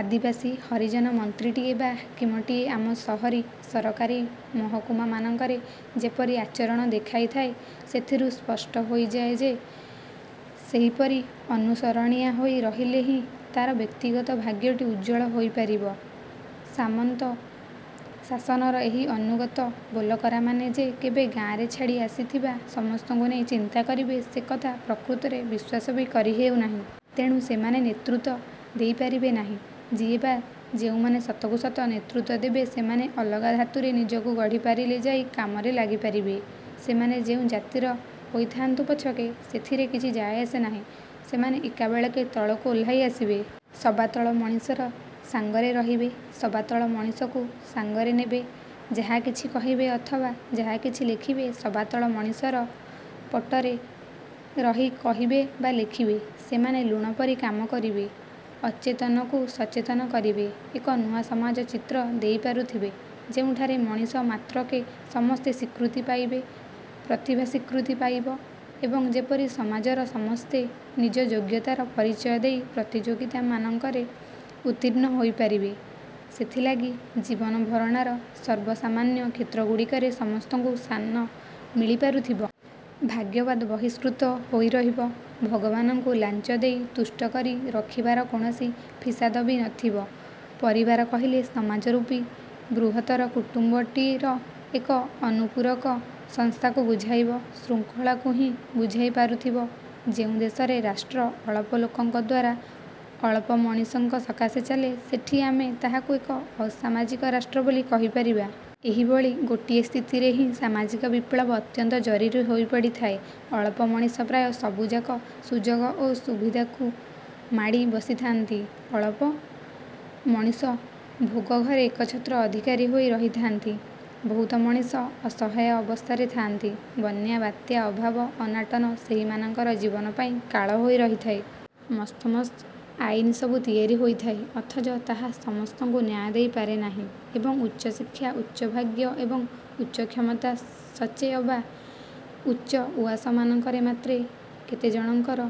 ଆଦିବାସୀ, ହରିଜନ ମନ୍ତ୍ରୀଟିଏ ବା ହାକିମଟିଏ ଆମ ସହରୀ ସରକାରୀ ମହକୁମା ମାନଙ୍କରେ ଯେପରି ଆଚରଣ ଦେଖାଇଥାଏ, ସେଥିରୁ ସୃଷ୍ଟ ହୋଇଯାଏ ଯେ, ସେହିପରି ଅନୁସରଣିଆ ହୋଇ ରହିଲେ ହି ତା'ର ବ୍ୟକ୍ତିଗତ ଭାଗ୍ୟଟି ଉଜ୍ଜ୍ୱଳ ହୋଇପାରିବ। ସାମନ୍ତ ଶାସନର ଏହି ଅନୁଗତ ବୋଲକରାମାନେ ଯେ କେବେ ଗାଆଁରେ ଛାଡ଼ି ଆସିଥିବା ସମସ୍ତଙ୍କୁ ନେଇ ଚିନ୍ତା କରିବେ, ସେକଥା ପ୍ରକୃତରେ ବିଶ୍ୱାସ ବି କରି ହେଉନାହିଁ। ତେଣୁ ସେମାନେ ନେତୃତ୍ୱ ଦେଇପାରିବେ ନାହିଁ । ଯିଏ ବା ଯେଉଁମାନେ ସତକୁ ସତ ନେତୃତ୍ୱ ଦେବେ ସେମାନେ ଅଲଗା ଧାତୁରେ ନିଜକୁ ଗଢ଼ି ପାରିଲେ ଯାଇ କାମରେ ଲାଗିପାରିବେ। ସେମାନେ ଯେଉଁ ଜାତିର ହୋଇଥାଆନ୍ତୁ ପଛକେ, ସେଥିରେ କିଛି ଯାଏଆସେ ନାହିଁ। ସେମାନେ ଏକାବେଳେକେ ତଳକୁ ଓହ୍ଲାଇ ଆସିବେ। ସବାତଳ ମଣିଷର ସାଙ୍ଗରେ ରହିବେ, ସବାତଳ ମଣିଷକୁ ସାଙ୍ଗରେ ନେବେ। ଯାହାକିଛି କହିବେ ଅଥବା ଯାହାକିଛି ଲେଖିବେ, ସବାତଳ ମଣିଷର ପଟରେ ରହି କହିବେ ବା ଲେଖିବେ। ସେମାନେ ଲୁଣ ପରି କାମ କରିବେ। ଅଚେତନକୁ ସଚେତନ କରିବେ। ଏକ ନୂଆ ସମାଜର ଚିତ୍ର ଦେଇପାରୁଥିବେ, ଯେଉଁଠାରେ ମଣିଷ ମାତ୍ରକେ ସମସ୍ତେ ସ୍ଵୀକୃତି ପାଇବେ, ପ୍ରତିଭା ସ୍ୱୀକୃତି ପାଇବ ଏବଂ ଯେପରି ସମାଜର ସମସ୍ତେ ନିଜ ଯୋଗ୍ୟତାର ପରିଚୟ ଦେଇ ପ୍ରତିଯୋଗିତା ମାନଙ୍କରେ ଉତ୍ତୀର୍ଣ୍ଣ ହୋଇପାରିବେ, ସେଥିଲାଗି ଜୀବନଭରଣାର ସର୍ବସାମାନ୍ୟ କ୍ଷେତ୍ରଗୁଡ଼ିକରେ ସମସ୍ତଙ୍କୁ ସ୍ଥାନ ମିଳିପାରୁଥିବ। ଭାଗ୍ୟବାଦ ବହିଷ୍କୃତ ହୋଇରହିବ। ଭଗବାନଙ୍କୁ ଲାଞ୍ଚ ଦେଇ ତୁଷ୍ଟ କରି ରଖିବାର କୌଣସି ଫିସାଦ ବି ନଥିବ। ପରିବାର କହିଲେ ସମାଜରୂପୀ ବୃହତ୍ତର କୁଟୁମ୍ବଟିର ଏକ ଅନୁପୂରକ ସଂସ୍ଥାକୁ ବୁଝାଇବ, ଶୃଙ୍ଖଳାକୁ ହିଁ ବୁଝାଇ ପାରୁଥିବ| ଯେଉଁ ଦେଶରେ ରାଷ୍ଟ୍ର ଅଳପ ଲୋକଙ୍କ ଦ୍ୱାରା ଅଳପ ମଣିଷଙ୍କ ସକାଶେ ଚାଲେ, ସେଠି ଆମେ ତାହାକୁ ଏକ ଅସାମାଜିକ ରାଷ୍ଟ୍ର ବୋଲି କହିପାରିବା। ଏହିଭଳି ଗୋଟିଏ ସ୍ଥିତିରେ ହିଁ ସାମାଜିକ ବିପ୍ଳବ ଅତ୍ୟନ୍ତ ଜରୁରୀ ହୋଇପଡ଼ିଥାଏ। ଅଳପ ମଣିଷ ପ୍ରାୟ ସବୁଯାକ ସୁଯୋଗ ଓ ସୁବିଧାକୁ ମାଡ଼ି ବସିଥାନ୍ତି। ଅଳପ। ମଣିଷ ଭୋଗଘରେ ଏକଛତ୍ର ଅଧିକାରୀ ହୋଇ ରହିଥାନ୍ତି। ବହୁତ ମଣିଷ ଅସହାୟ ଅବସ୍ଥାରେ ଥାଆନ୍ତି। ବନ୍ୟା, ବାତ୍ୟା, ଅଭାବ, ଅନାଟନ ସେହିମାନଙ୍କର ଜୀବନ ପାଇଁ କାଳ ହୋଇ ରହିଥାଏ। ମସ୍ତ ମସ୍ତ ଆଇନ ସବୁ ତିଆରି ହୋଇଥାଏ, ଅଥଚ ତାହା ସମସ୍ତଙ୍କୁ ନ୍ୟାୟ ଦେଇପାରେ ନାହିଁ। ଏବଂ ଉଚ୍ଚଶିକ୍ଷା, ଉଚ୍ଚଭାଗ୍ୟ ଏବଂ ଉଚ୍ଚକ୍ଷମତା ସତେ ଅବା ଉଚ୍ଚ ଉଆସମାନଙ୍କରେ ମାତ୍ରେ କେତେଜଣଙ୍କର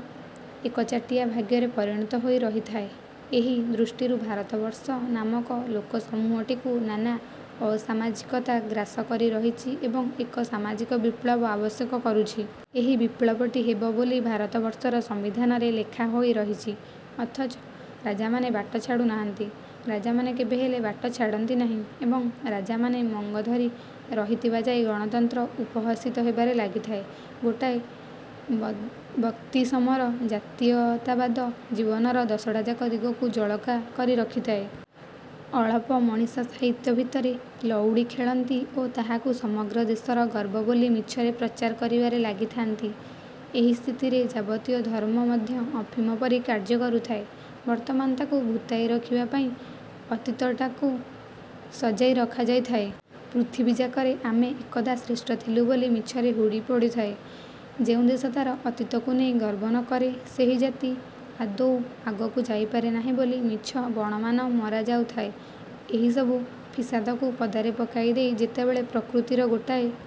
ଏକଚାଟିଆ ଭାଗ୍ୟରେ ପରିଣତ ହୋଇ ରହିଥାଏ । ଏହି ଦୃଷ୍ଟିରୁ ଭାରତବର୍ଷ ନାମକ ଲୋକସମୂହଟିକୁ ନାନା ଅସାମାଜିକତା ଗ୍ରାସ କରି ରହିଛି ଏବଂ ଏକ ସାମାଜିକ ବିପ୍ଳବ ଆବଶ୍ୟକ କରୁଛି। ଏହି ବିପ୍ଳବଟି ହେବ ବୋଲି ଭାରତବର୍ଷର ସମ୍ବିଧାନରେ ଲେଖାହୋଇ ରହିଛି, ଅଥଚ ରାଜାମାନେ ବାଟ ଛାଡୁନାହାନ୍ତି। ରାଜାମାନେ କେବେହେଲେ ବାଟ ଛାଡ଼ନ୍ତି ନାହିଁ ଏବଂ ରାଜାମାନେ ମଙ୍ଗ ଧରି ରହିଥିବା ଯାଏ ଗଣତନ୍ତ୍ର ଉପହସିତ ହେବାରେ ଲାଗିଥାଏ। ଗୋଟାଏ ବଦ୍କିସମର ଜାତୀୟତାବାଦ ଜୀବନର ଦଶଟାଯାକ ଦିଗକୁ ଜଳକା କରି ରଖିଥାଏ। ଅଳପ ମଣିଷ ସାହିତ୍ୟ ଭିତରେ ଲଉଡ଼ି ଖେଳନ୍ତି ଓ ତାହାକୁ ସମଗ୍ର ଦେଶର ଗର୍ବ ବୋଲି ମିଛରେ ପ୍ରଚାର କରିବାରେ ଲାଗିଥାଆନ୍ତି। ଏହି ସ୍ଥିତିରେ ଯାବତୀୟ ଧର୍ମ ମଧ୍ୟ ଅଫିମ ପରି କାର୍ଯ୍ୟ କରୁଥାଏ। ବର୍ତ୍ତମାନ ତାକୁ ଭୂତାଇ ରଖିବା ପାଇଁ ଅତୀତଟାକୁ ସଜାଇ ରଖାଯାଇଥାଏ। ପୃଥିବୀଯାକରେ ଆମେ ଏକଦା ଶ୍ରେଷ୍ଠ ଥିଲୁ ବୋଲି ମିଛରେ ହୁରି ପଡୁଥାଏ। ଯେଉଁ ଦେଶ ତାର ଅତୀତକୁ ନେଇ ଗର୍ବ ନକରେ, ସେହି ଜାତି ଆଦୌ ଆଗକୁ ଯାଇପାରେ ନାହିଁ ବୋଲି ମିଛ ବାଣମାନ ମରା ଯାଉଥାଏ। ଏହିସବୁ ଫିସାଦକୁ ପଦାରେ ପକାଇ ଦେଇ ଯେତେବେଳେ ପ୍ରକୃତିର ଗୋଟାଏ ।